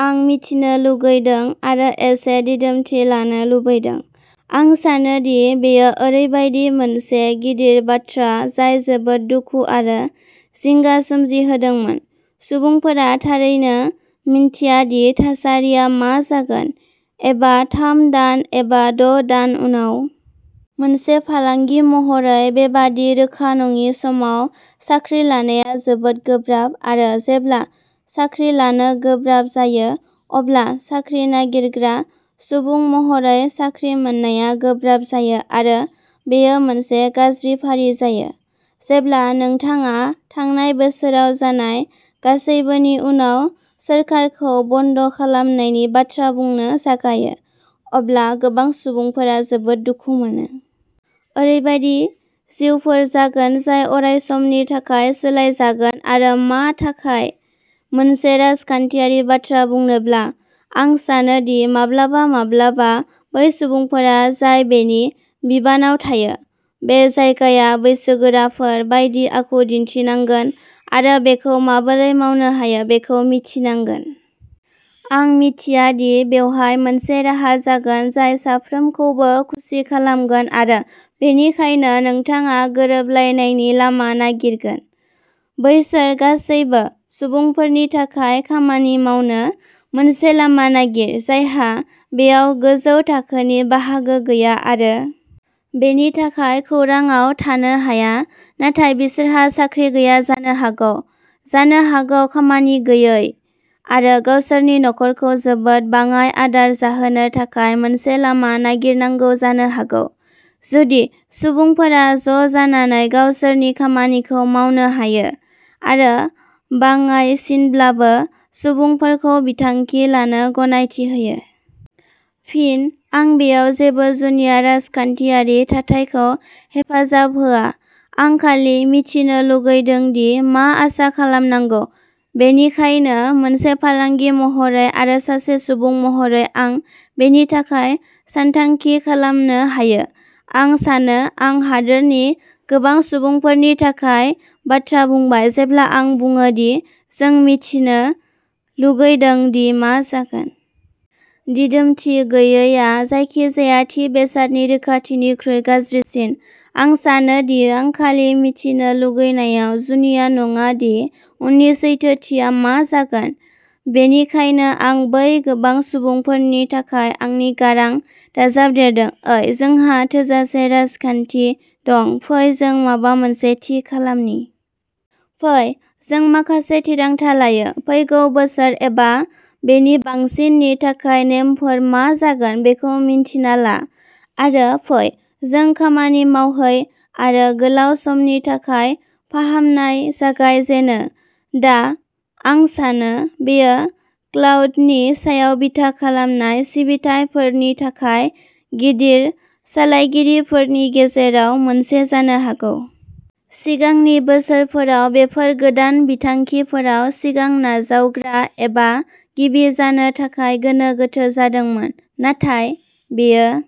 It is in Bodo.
आं मिथिनो लुगैदों आरो एसे दिदोमथि लानो लुबैदों। आं सानो दि बेयो ओरैबायदि मोनसे गिदिर बाथ्रा जाय जोबोद दुखु आरो जिंगा सोमजिहोदोंमोन। सुबुंफोरा थारैनो मिन्थिया दि थासारिया मा जागोन, एबा थाम दान, एबा द' दान उनाव। मोनसे फालांगि महरै बेबादि रोखा नङि समाव साख्रि लानाया जोबोद गोब्राब आरो जेब्ला साख्रि लानो गोब्राब जायो, अब्ला साख्रि नागिरग्रा सुबुं महरै साख्रि मोननाया गोब्राब जायो आरो बेयो मोनसे गाज्रि फारि जायो। जेब्ला नोंथाङा थांनाय बोसोराव जानाय गासैबोनि उनाव सोरखारखौ बन्द खालामनायनि बाथ्रा बुंनो जागायो, अब्ला गोबां सुबुंफोरा जोबोद दुखु मोनो। ओरैबायदि जिउफोर जागोन जाय अरायसमनि थाखाय सोलायजागोन आरो मा थाखाय मोनसे राजखान्थियारि बाथ्रा बुंनोब्ला, आं सानो दि माब्लाबा माब्लाबा बै सुबुंफोरा जाय बेनि बिबानआव थायो। बे जायगाया बैसोगोराफोर बायदि आखु दिन्थिनांगोन आरो बेखौ माबोरै मावनो हायो बेखौ मिथिनांगोन। आं मिथिया दि बेवहाय मोनसे राहा जागोन जाय साफ्रोमखौबो खुसि खालामगोन आरो बेनिखायनो नोंथाङा गोरोबलायनायनि लामा नागिरगोन। बैसोर गासैबो सुबुंफोरनि थाखाय खामानि मावनो मोनसे लामा नागिर, जायहा बेयाव गोजौ थाखोनि बाहागो गैया आरो बेनि थाखाय खौरांआव थानो हाया, नाथाय बिसोरहा साख्रि गैया जानो हागौ, जानो हागौ खामानि गैयै, आरो गावसोरनि नखरखौ जोबोद बाङाय आदार जाहोनो थाखाय मोनसे लामा नागिरनांगौ जानो हागौ, जुदि सुबुंफोरा ज'जानानै गावसोरनि खामानिखौ मावनो हायो आरो बाङाइसिनब्लाबो सुबुंफोरखौ बिथांखि लानो गनायथि होयो। फिन आं बेयाव जेबो जुनिया राजखान्थियारि थाथायखौ हेफाजाब होआ, आं खालि मिथिनो लुगैदों दि मा आसा खालामनांगौ, बेनिखायनो मोनसे फालांगि महरै आरो सासे सुबुं महरै आं बेनि थाखाय सानथांखि खालामनो हायो। आं सानो आं हादोरनि गोबां सुबुंफोरनि थाखाय बाथ्रा बुंबाय जेब्ला आं बुङो दि जों मिथिनो लुगैदों दि मा जागोन। दिदोमथि गैयैआ जायखिजाया थि बेसादनि रोखाथिनिख्रुइ गाज्रिसिन। आं सानो दि आं खालि मिथिनो लुगैनायाव जुनिया नङा दि उननि सैथोथिया मा जागोन। बेनिखायनो आं बै गोबां सुबुंफोरनि थाखाय आंनि गारां दाजाबदेरदों, ओइ जोंहा थोजासे राजखान्थि दं, फै जों माबा मोनसे थि खालामनि। फै जों माखासे थिरांथा लायो, फैगौ बोसोर एबा बेनि बांसिननि थाखाय नेमफोरा मा जागोन बेखौ मिन्थिना ला, आरो फै जों खामानि मावहै आरो गोलाव समनि थाखाय फाहामनाय जागाय जेनो, दा। आं सानो बेयो क्लाउडनि सायाव बिथा खालामनाय सिबिथाइफोरनि थाखाय गिदिर सालायगिरिफोरनि गेजेराव मोनसे जानो हागौ। सिगांनि बोसोरफोराव बेफोर गोदान बिथांखिफोराव सिगां नाजावग्रा एबा गिबि जानो थाखाय गोनो गोथो जादोंमोन, नाथाय बेयो